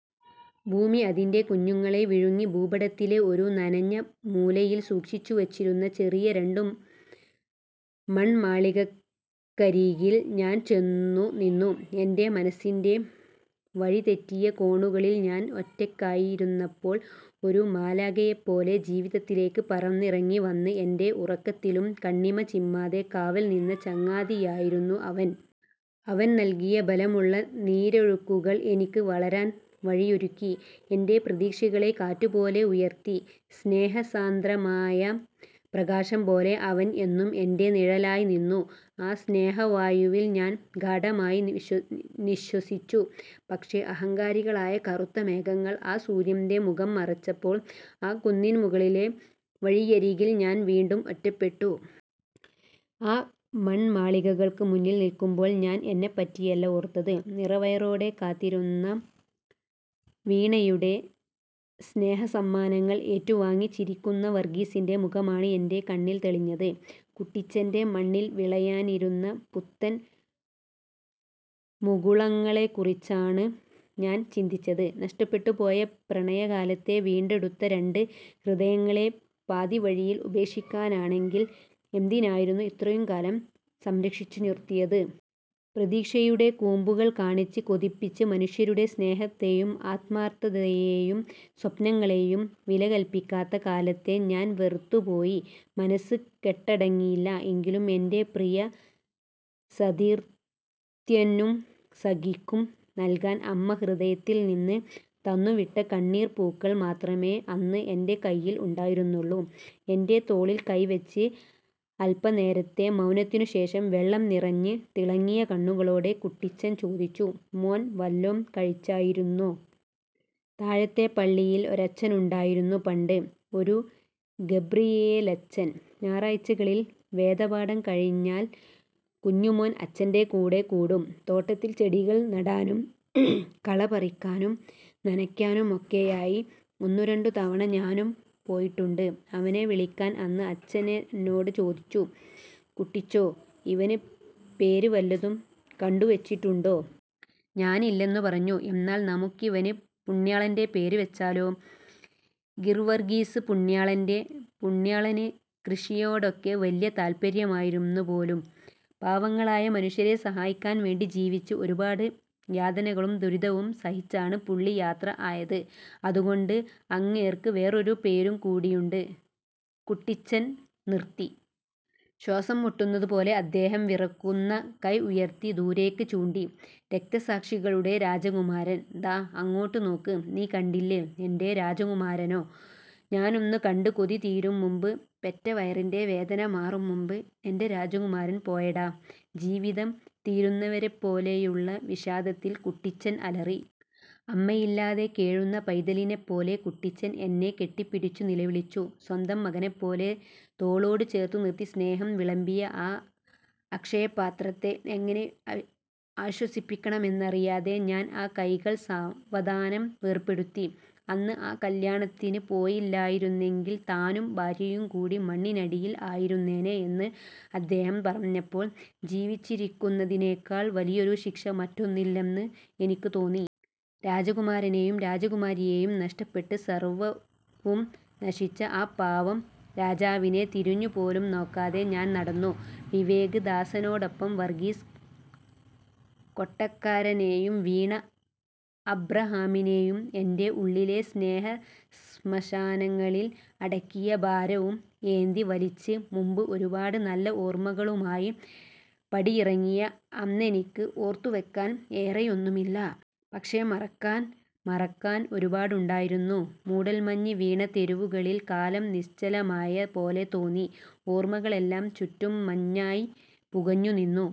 ഭൂമി അതിന്റെ കുഞ്ഞുങ്ങളെ വിഴുങ്ങി ഭൂപടത്തിലെ ഒരു നനഞ്ഞ മൂലയിൽ സൂക്ഷിച്ചുവച്ചിരുന്ന ചെറിയ രണ്ടു മൺമാളികക്കരികിൽ ഞാൻ ചെന്നു നിന്നു. എന്റെ മനസ്സിൻ്റെ വഴിതെറ്റിയ കോണുകളിൽ ഞാൻ ഒറ്റയ്ക്കായിരുന്നപ്പോൾ, ഒരു മാലാഖയെപ്പോലെ ജീവിതത്തിലേക്ക് പറന്നിറങ്ങി വന്ന്, എന്റെ ഉറക്കത്തിലും കണ്ണിമ ചിമ്മാതെ കാവൽ നിന്ന ചങ്ങാതിയായിരുന്നു അവൻ. അവൻ നൽകിയ ബലമുള്ള നീരൊഴുക്കുകൾ എനിക്ക് വളരാൻ വഴിയൊരുക്കി. എന്റെ പ്രതീക്ഷകളെ കാറ്റുപോലെ ഉയർത്തി. സ്നേഹസാന്ദ്രമായ പ്രകാശം പോലെ അവൻ എന്നും എന്റെ നിഴലായി നിന്നു. ആ സ്നേഹവായുവിൽ ഞാൻ ഗാഢമായി നിശ്വസിച്ചു. പക്ഷേ, അഹങ്കാരികളായ കറുത്ത മേഘങ്ങൾ ആ സൂര്യന്റെ മുഖം മറച്ചപ്പോൾ, ആ കുന്നിൻ മുകളിലെ വഴിയരികിൽ ഞാൻ വീണ്ടും ഒറ്റപ്പെട്ടു. ആ മൺമാളികകൾക്ക് മുന്നിൽ നിൽക്കുമ്പോൾ ഞാൻ എന്നെപ്പറ്റിയല്ല ഓർത്തത്. നിറവയറോടെ കാത്തിരുന്ന വീണയുടെ സ്നേഹസമ്മാനങ്ങൾ ഏറ്റുവാങ്ങി ചിരിക്കുന്ന വർഗീസിന്റെ മുഖമാണ് എന്റെ കണ്ണിൽ തെളിഞ്ഞത്. കുട്ടിച്ചന്റെ മണ്ണിൽ വിളയാനിരുന്ന പുത്തൻ മുകുളങ്ങളെക്കുറിച്ചാണ് ഞാൻ ചിന്തിച്ചത്. നഷ്ടപ്പെട്ടുപോയ പ്രണയകാലത്തെ വീണ്ടെടുത്ത രണ്ട് ഹൃദയങ്ങളെ പാതിവഴിയിൽ ഉപേക്ഷിക്കാനാണെങ്കിൽ എന്തിനായിരുന്നു ഇത്രയും കാലം സംരക്ഷിച്ചു നിർത്തിയത്? പ്രതീക്ഷയുടെ കൂമ്പുകൾ കാണിച്ച് കൊതിപ്പിച്ച്, മനുഷ്യരുടെ സ്നേഹത്തെയും ആത്മാർത്ഥതയെയും സ്വപ്നങ്ങളെയും വിലകൽപ്പിക്കാത്ത കാലത്തെ ഞാൻ വെറുത്തുപോയി. മനസ്സ് കെട്ടടങ്ങിയില്ല, എങ്കിലും എന്റെ പ്രിയ സതീർത്ഥ്യനും സഖിക്കും നൽകാൻ അമ്മ ഹൃദയത്തിൽ നിന്ന് തന്നുവിട്ട കണ്ണീർപ്പൂക്കൾ മാത്രമേ അന്ന് എന്റെ കയ്യിൽ ഉണ്ടായിരുന്നുള്ളൂ. എൻ്റെ തോളിൽ കൈ വെച്ച് അൽപനേരത്തെ മൗനത്തിനുശേഷം, വെള്ളം നിറഞ്ഞ് തിളങ്ങിയ കണ്ണുകളോടെ കുട്ടിച്ചൻ ചോദിച്ചു:"മോൻ, വല്ലോം കഴിച്ചായിരുന്നോ? " "താഴത്തെ പള്ളിയിൽ ഒരച്ഛനുണ്ടായിരുന്നു പണ്ട്. ഒരു ഗബ്രിയേലച്ചൻ. ഞായറാഴ്ചകളിൽ വേദപാഠം കഴിഞ്ഞാൽ കുഞ്ഞുമോൻ അച്ഛന്റെ കൂടെ കൂടും. തോട്ടത്തിൽ ചെടികൾ നടാനും കള പറിക്കാനും നനയ്ക്കാനുമൊക്കെയായി. ഒന്നുരണ്ടു തവണ ഞാനും പോയിട്ടുണ്ട് അവനെ വിളിക്കാൻ. അന്ന് അച്ഛനെന്നോട് ചോദിച്ചു, 'കുട്ടിച്ചോ, ഇവന് പേര് വല്ലതും കണ്ടുവച്ചിട്ടുണ്ടോ? ' ഞാനില്ലെന്നു പറഞ്ഞു. 'എന്നാൽ നമുക്കിവന് പുണ്യാളന്റെ പേര് വെച്ചാലോ? ഗീർവർഗീസ് പുണ്യാളന്റെ. പുണ്യാളന് കൃഷിയോടൊക്കെ വല്ല്യ താല്പര്യമായിരുന്നു പോലും. പാവങ്ങളായ മനുഷ്യരെ സഹായിക്കാൻ വേണ്ടി ജീവിച്ച്, ഒരുപാട് യാതനകളും ദുരിതവും സഹിച്ചാണ് പുള്ളി യാത്ര ആയത്. അതുകൊണ്ട് അങ്ങേർക്ക് വേറൊരു പേരും കൂടിയുണ്ട്... '" കുട്ടിച്ചൻ നിർത്തി. ശ്വാസം മുട്ടുന്നത് പോലെ അദ്ദേഹം വിറയ്ക്കുന്ന കൈ ഉയർത്തി ദൂരേക്ക് ചൂണ്ടി. "രക്തസാക്ഷികളുടെ രാജകുമാരൻ. " "ദാ... അങ്ങോട്ട് നോക്ക്... നീ കണ്ടില്ലേ എന്റെ രാജകുമാരനെ..? ഞാനൊന്നു കണ്ട് കൊതി തീരും മുമ്പ്, പെറ്റ വയറിന്റെ വേദന മാറും മുമ്പ്, എന്റെ രാജകുമാരൻ പോയെടാ... " ജീവിതം തീരുന്നവരെപ്പോലെയുള്ള വിഷാദത്തിൽ കുട്ടിച്ചൻ അലറി. അമ്മയില്ലാതെ കേഴുന്ന പൈതലിനെപ്പോലെ കുട്ടിച്ചൻ എന്നെ കെട്ടിപ്പിടിച്ചു നിലവിളിച്ചു. സ്വന്തം മകനെപ്പോലെ തോളോട് ചേർത്തുനിർത്തി സ്നേഹം വിളമ്പിയ ആ അക്ഷയപാത്രത്തെ എങ്ങനെ ആശ്വസിപ്പിക്കണമെന്നറിയാതെ ഞാൻ ആ കൈകൾ സാവധാനം വേർപെടുത്തി. അന്ന് ആ കല്യാണത്തിന് പോയില്ലായിരുന്നെങ്കിൽ താനും ഭാര്യയും കൂടി മണ്ണിനടിയിൽ ആയിരുന്നേനെ എന്ന് അദ്ദേഹം പറഞപ്പോൾ, ജീവിച്ചിരിക്കുന്നതിനേക്കാൾ വലിയൊരു ശിക്ഷ മറ്റൊന്നുമില്ലെന്ന് എനിക്ക് തോന്നി. രാജകുമാരനെയും രാജകുമാരിയെയും നഷ്ടപ്പെട്ട് സർവ്വവും നശിച്ച ആ പാവം രാജാവിനെ തിരിഞ്ഞുപോലും നോക്കാതെ ഞാൻ നടന്നു. വിവേക് ദാസനോടൊപ്പം വർഗീസ് കൊട്ടക്കാരനെയും വീണ അബ്രഹാമിനെയും എന്റെ ഉള്ളിലെ സ്നേഹസ്മശാനങ്ങളിൽ അടക്കിയ ഭാരവും ഏന്തി വലിച്ച്. മുമ്പ് ഒരുപാട് നല്ല ഓർമ്മകളുമായി പടിയിറങ്ങിയ അന്നെനിക്ക് ഓർത്തുവെക്കാൻ ഏറെയൊന്നുമില്ല. പക്ഷേ മറക്കാൻ... മറക്കാൻ ഒരുപാടുണ്ടായിരുന്നു.. മൂടൽമഞ്ഞ് വീണ തെരുവുകളിൽ കാലം നിശ്ചലമായ പോലെ തോന്നി. ഓർമ്മകളെല്ലാം ചുറ്റും മഞ്ഞായി പുകഞ്ഞു നിന്നു.